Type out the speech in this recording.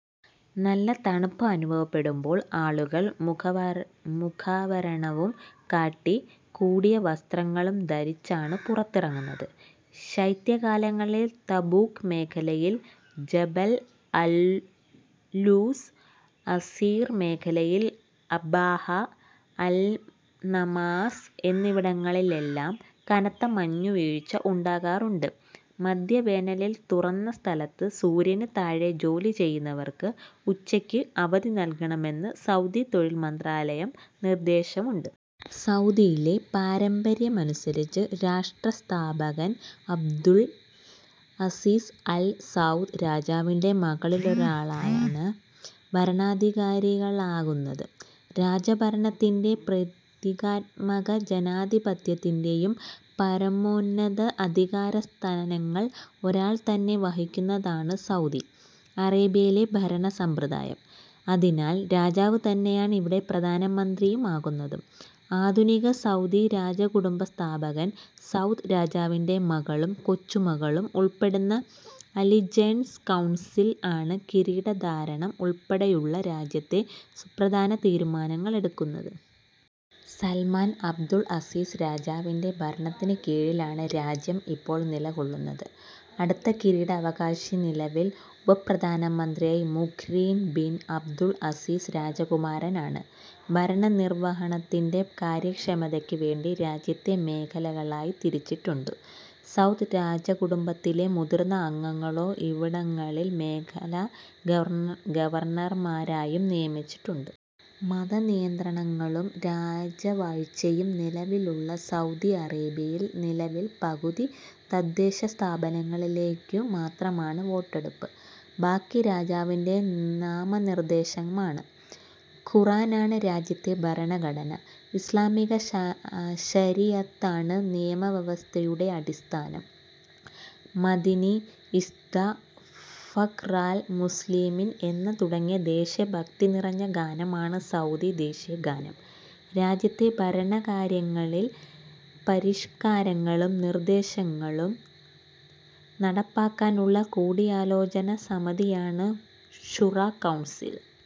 നല്ല തണുപ്പ് അനുഭവപ്പെടുമ്പോൾ ആളുകൾ മുഖാവരണവും കട്ടി കൂടിയ വസ്ത്രങ്ങളും ധരിച്ചാണ് പുറത്തിറങ്ങുന്നത്. ശൈത്യ കാലങ്ങളിൽ തബൂക്ക് മേഖലയിൽ ജബൽ അൽലൂസ്, അസീർ മേഖലയിൽ അബഹ, അൽ നമാസ് എന്നിവിടങ്ങളിലെല്ലാം കനത്ത മഞ്ഞുവീഴ്ച ഉണ്ടാകാറുണ്ട്. മധ്യവേനലിൽ തുറന്ന സ്ഥലത്ത് സൂര്യന് താഴെ ജോലി ചെയ്യുന്നവർക്ക് ഉച്ചക്ക് അവധി നൽകണമെന്ന് സൗദി തൊഴിൽ മന്ത്രാലയം നിർദ്ദേശമുണ്ട്. സൗദിയിലെ പാരമ്പര്യമനുസരിച്ച്, രാഷ്ട്ര സ്ഥാപകൻ അബ്ദുൽ അസീസ് അൽ സൗദ് രാജാവിന്റെ മകളിലൊരാളാണ് ഭരണാധികാരികളാകുന്നത്. രാജഭരണത്തിന്റെ പ്രതീകാത്മക ജനാധിപത്യത്തിന്റേയും പരമോന്നത അധികാരസ്ഥാനങ്ങൾ ഒരാൾ തന്നെ വഹിക്കുന്നതാണ് സൗദി അറേബ്യയിലെ ഭരണസമ്പ്രദായം. അതിനാൽ രാജാവ് തന്നെയാണ് ഇവിടെ പ്രധാനമന്ത്രിയും ആകുന്നത്. ആധുനിക സൗദി രാജകുടുംബ സ്ഥാപകൻ സൗദ് രാജാവിന്റെ മകളും കൊച്ചുമക്കളും ഉൾപ്പെടുന്ന അലിജൻസ് കൗൺസിൽ ആണ് കിരീടധാരണം ഉൾപ്പെടെയുള്ള രാജ്യത്തെ സുപ്രധാന തീരുമാനങ്ങൾ എടുക്കുന്നത്. സല്മാൻ അബ്ദുൾ അസീസ് രാജാവിന്റെ ഭരണത്തിനു കീഴിൽ ആണ് രാജ്യം ഇപ്പോൾ നില കൊള്ളുന്നത്. അടുത്ത കിരീട അവകാശി നിലവിൽ ഉപപ്രധാനമന്ത്രിയായ മുഖ്-രിൻ ബിൻ അബ്ദുൽ അസീസ് രാജകുമാരൻ ആണ്. ഭരണനിർവഹണത്തിന്റെ കാര്യക്ഷമതക്ക് വേണ്ടി രാജ്യത്തെ മേഖലകളായി തിരിച്ചിട്ടുണ്ട്. സൗദ് രാജകുടുംബത്തിലെ മുതിർന്ന അംഗങ്ങളോ ഇവിടങ്ങളിൽ മേഖലാ ഗവർണർമാരായും നിയമിച്ചിട്ടുണ്ട്. മതനിയന്ത്രണങ്ങളും രാജവാഴ്ചയും നിലവിലുള്ള സൗദി അറേബ്യയിൽ നിലവിൽ പകുതി തദ്ദേശസ്ഥാപനങ്ങളിലേക്കു മാത്രമാണ് വോട്ടെടുപ്പ്. ബാക്കി രാജാവിന്റെ നാമനിർദ്ദേശമാണ്. ഖുർആനാണ് രാജ്യത്തെ ഭരണഘടന. ഇസ്ലാമിക ശരീഅത്ത് ആണ് നിയമവ്യവസ്ഥയുടെ അടിസ്ഥാനം. മദനീ, ഇശ്ത ഫഖ്റൽ മുസ്ലിമീൻ എന്ന് തുടങ്ങുന്ന ദേശഭക്തി നിറഞ്ഞ ഗാനമാണ് സൗദി ദേശീയഗാനം. രാജ്യത്തെ ഭരണ കാര്യങ്ങളിൽ പരിഷ്കാരങ്ങളും നിർദ്ദേശങ്ങളും നടപ്പാക്കാൻ ഉള്ള കൂടിയാലോചനാ സമിതിയാണ് ശൂറ കൗൺസിൽ.